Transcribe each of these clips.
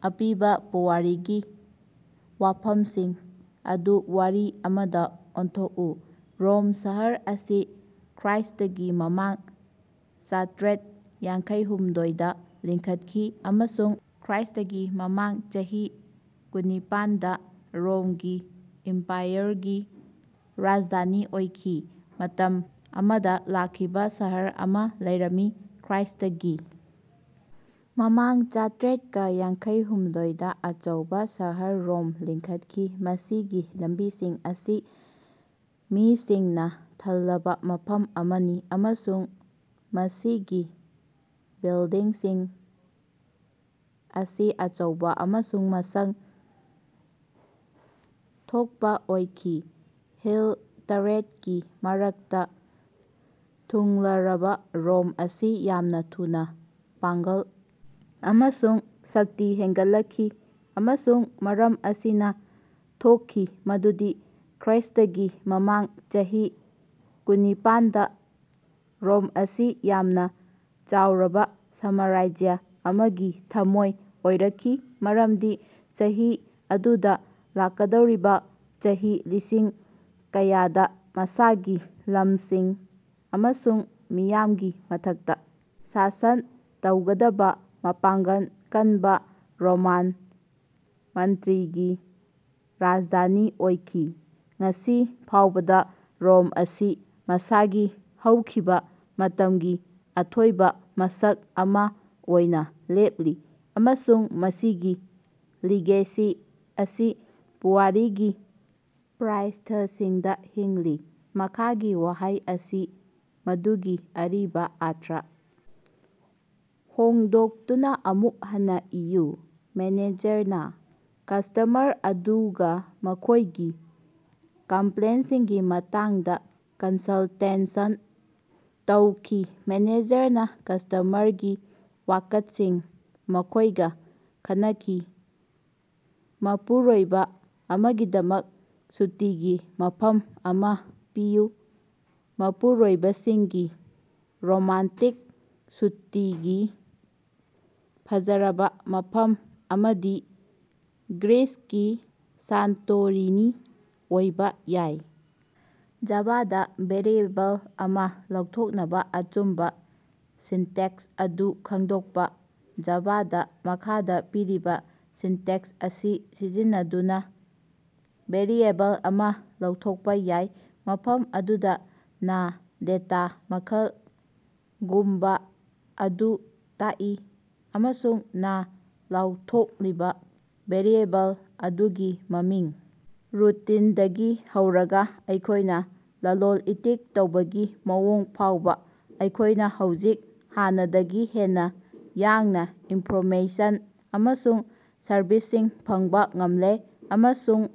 ꯑꯄꯤꯕ ꯄꯨꯋꯥꯔꯤꯒꯤ ꯋꯥꯐꯝꯁꯤꯡ ꯑꯗꯨ ꯋꯥꯔꯤ ꯑꯃꯗ ꯑꯣꯟꯊꯣꯛꯎ꯫ ꯔꯣꯝ ꯁꯍꯔ ꯑꯁꯤ ꯈ꯭ꯔ꯭ꯏꯁ꯭ꯇꯒꯤ ꯃꯃꯥꯡ ꯆꯥꯇ꯭ꯔꯦꯠꯀ ꯌꯥꯡꯈꯩꯍꯨꯝꯗꯣꯏ ꯗ ꯂꯤꯡꯈꯠꯈꯤ ꯑꯃꯁꯨꯡ ꯈ꯭ꯔ꯭ꯏꯁ꯭ꯇꯒꯤ ꯃꯃꯥꯡ ꯆꯍꯤ ꯀꯨꯟꯅꯤꯄꯥꯟ ꯗ ꯔꯣꯃꯒꯤ ꯏꯝꯄꯥꯌꯔꯒꯤ ꯔꯥꯖꯙꯥꯅꯤ ꯑꯣꯏꯈꯤ꯫ ꯃꯇꯝ ꯑꯃꯗ ꯂꯥꯛꯈꯤꯕ ꯁꯍꯔ ꯑꯃ ꯂꯩꯔꯝꯃꯤ꯫ ꯈ꯭ꯔ꯭ꯏꯁ꯭ꯇꯒꯤ ꯃꯃꯥꯡ ꯆꯥꯇ꯭ꯔꯦꯠꯀ ꯌꯥꯡꯈꯩꯍꯨꯝꯗꯣꯏ ꯗ ꯑꯆꯧꯕ ꯁꯍꯔ ꯔꯣꯝ ꯂꯤꯡꯈꯠꯈꯤ꯫ ꯃꯁꯤꯒꯤ ꯂꯝꯕꯤꯁꯤꯡ ꯑꯁꯤ ꯃꯤꯁꯤꯡꯅ ꯊꯜꯂꯕ ꯃꯐꯝ ꯑꯃꯅꯤ ꯑꯃꯁꯨꯡ ꯃꯁꯤꯒꯤ ꯕꯤꯜꯗꯤꯡꯁꯤꯡ ꯑꯁꯤ ꯑꯆꯧꯕ ꯑꯃꯁꯨꯡ ꯃꯁꯛ ꯊꯣꯛꯄꯥꯑꯣꯏꯈꯤ꯫ ꯍꯤꯜ ꯇꯔꯦꯠ ꯀꯤ ꯃꯔꯛꯇ ꯊꯨꯡꯂꯔꯕ ꯔꯣꯝ ꯑꯁꯤ ꯌꯥꯝꯅ ꯊꯨꯅ ꯄꯥꯡꯒꯜ ꯑꯃꯁꯨꯡ ꯁꯛꯇꯤ ꯍꯦꯟꯒꯠꯂꯛꯈꯤ꯫ ꯑꯃꯁꯨꯡ ꯃꯔꯝ ꯑꯁꯤꯅ, ꯊꯣꯛꯈꯤ ꯃꯗꯨꯗꯤ ꯈ꯭ꯔ꯭ꯏꯁ꯭ꯇꯒꯤ ꯃꯃꯥꯡ ꯆꯍꯤ ꯀꯨꯟꯅꯤꯄꯥꯟ ꯗ ꯔꯣꯝ ꯑꯁꯤ ꯌꯥꯝꯅ ꯆꯥꯎꯔꯕ ꯁꯥꯝꯔꯥꯖ꯭ꯌ ꯑꯃꯒꯤ ꯊꯃꯣꯏ ꯑꯣꯏꯔꯛꯈꯤ꯫ ꯃꯔꯝꯗꯤ ꯆꯍꯤ ꯑꯗꯨꯗ ꯂꯥꯛꯀꯗꯧꯔꯤꯕ ꯆꯍꯤ ꯂꯤꯁꯤꯡ ꯀꯌꯥꯗ ꯃꯁꯥꯒꯤ ꯂꯝꯁꯤꯡ ꯑꯃꯁꯨꯡ ꯃꯤꯌꯥꯝꯒꯤ ꯃꯊꯛꯇ ꯁꯥꯁꯟ ꯇꯧꯒꯗꯕ ꯃꯄꯥꯡꯒꯜ ꯀꯅꯕ ꯔꯣꯃꯥꯟ ꯃꯟꯇ꯭ꯔꯤꯒꯤ ꯔꯥꯖꯙꯥꯅꯤ ꯑꯣꯏꯈꯤ꯫ ꯉꯁꯤ ꯐꯥꯎꯕꯗ ꯔꯣꯝ ꯑꯁꯤ ꯃꯁꯥꯒꯤ ꯍꯧꯈꯤꯕ ꯃꯇꯝꯒꯤ ꯑꯊꯣꯏꯕ ꯃꯁꯛ ꯑꯃꯥ ꯑꯣꯏꯅ ꯂꯦꯞꯂꯤ, ꯑꯃꯁꯨꯡ ꯃꯁꯤꯒꯤ ꯂꯤꯒꯦꯁꯤ ꯑꯁꯤ ꯄꯨꯋꯥꯔꯤꯒꯤ ꯄ꯭ꯔ꯭ꯏꯁ꯭ꯊꯥꯁꯤꯡꯗ ꯍꯤꯡꯂꯤ꯫ ꯃꯈꯥꯒꯤ ꯋꯥꯍꯩ ꯑꯁꯤ ꯃꯗꯨꯒꯤ ꯑꯔꯤꯕ ꯑꯔꯊ ꯍꯣꯡꯗꯣꯛꯇꯨꯅ ꯑꯃꯨꯛ ꯍꯟꯅ ꯏꯌꯨ: ꯃꯦꯅꯦꯖꯔꯅ ꯀꯁꯇꯃꯔ ꯑꯗꯨꯒ ꯃꯈꯣꯢꯒꯤ ꯀꯝꯄ꯭ꯂꯦꯟꯇꯁꯤꯡꯒꯤ ꯃꯇꯥꯡꯗ ꯀꯟꯁꯜꯇꯦꯁꯟ ꯇꯧꯈꯤ꯫' 'ꯃꯦꯅꯦꯖꯔꯅ ꯀꯁꯇꯃꯔꯒꯤ ꯋꯥꯀꯠꯁꯤꯡ ꯃꯈꯣꯏꯒ ꯈꯟꯅꯈꯤ꯫ ꯃꯄꯨꯔꯣꯏꯕ ꯑꯃꯒꯤꯗꯃꯛ ꯁꯨꯇꯤꯒꯤ ꯃꯐꯝ ꯑꯃ ꯄꯤꯌꯨ꯫ ꯃꯄꯨꯔꯣꯏꯕꯁꯤꯡꯒꯤ ꯔꯣꯃꯥꯟꯇꯤꯛ ꯁꯨꯇꯤꯒꯤ ꯐꯖꯔꯕ ꯃꯐꯝ ꯑꯃꯗꯤ ꯒ꯭ꯔꯤꯁꯀꯤ ꯁꯥꯟꯇꯣꯔꯤꯅꯤ ꯑꯣꯏꯕ ꯌꯥꯏ꯫ ꯖꯥꯚꯗꯥ ꯚꯦꯔꯤꯑꯦꯕꯜ ꯑꯃ ꯂꯧꯊꯣꯛꯅꯕ ꯑꯆꯨꯝꯕ ꯁꯤꯟꯇꯦꯛꯁ ꯑꯗꯨ ꯈꯪꯗꯣꯛꯄ꯫ ꯖꯥꯚꯗꯥ, ꯃꯈꯥꯗ ꯄꯤꯔꯤꯕ ꯁꯤꯟꯇꯦꯛꯁ ꯑꯁꯤ ꯁꯤꯖꯤꯟꯅꯗꯨꯅ ꯚꯦꯔꯤꯑꯦꯕꯜ ꯑꯃ ꯂꯥꯎꯊꯣꯛꯄ ꯌꯥꯏ, ꯃꯐꯝ ꯑꯗꯨꯗ ꯅꯥ ꯗꯦꯇꯥ ꯃꯈꯜ ( ꯒꯨꯝꯕ) ꯑꯗꯨ ꯇꯥꯛꯏ ꯑꯃꯁꯨꯡ ꯅꯥ ꯂꯥꯎꯊꯣꯛꯂꯤꯕ ꯚꯦꯔꯤꯑꯦꯕꯜ ꯑꯗꯨꯒꯤ ꯃꯃꯤꯡ ꯔꯨꯇꯤꯟꯗꯒꯤ ꯍꯧꯔꯒ ꯑꯩꯈꯣꯏꯅ ꯂꯂꯣꯟ-ꯏꯇꯤꯛ ꯇꯧꯕꯒꯤ ꯃꯑꯣꯡ ꯐꯥꯎꯕ꯫ ꯑꯩꯈꯣꯏꯅ ꯍꯧꯖꯤꯛ ꯍꯥꯟꯅꯗꯒꯤ ꯍꯦꯟꯅ ꯌꯥꯡꯅ ꯏꯟꯐꯣꯔꯃꯦꯁꯟ ꯑꯃꯁꯨꯡ ꯁꯔꯕꯤꯁꯁꯤꯡ ꯐꯪꯕ ꯉꯝꯂꯦ ꯑꯃꯁꯨꯡ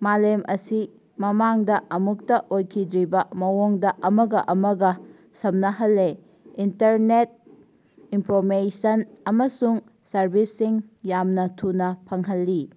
ꯃꯥꯂꯦꯝ ꯑꯁꯤ ꯃꯃꯥꯡꯗ ꯑꯃꯨꯛꯇ ꯑꯣꯏꯈꯤꯗ꯭ꯔꯤꯕ ꯃꯑꯣꯡꯗ ꯑꯃꯒ ꯑꯃꯒ ꯁꯝꯅꯍꯜꯂꯦ꯫ ꯏꯟꯇꯔꯅꯦꯠꯅ ꯏꯟꯐꯣꯔꯃꯦꯁꯟ ꯑꯃꯁꯨꯡ ꯁꯔꯕꯤꯁꯁꯤꯡ ꯌꯥꯝꯅ ꯊꯨꯅ ꯐꯪꯍꯜꯂꯤ꯫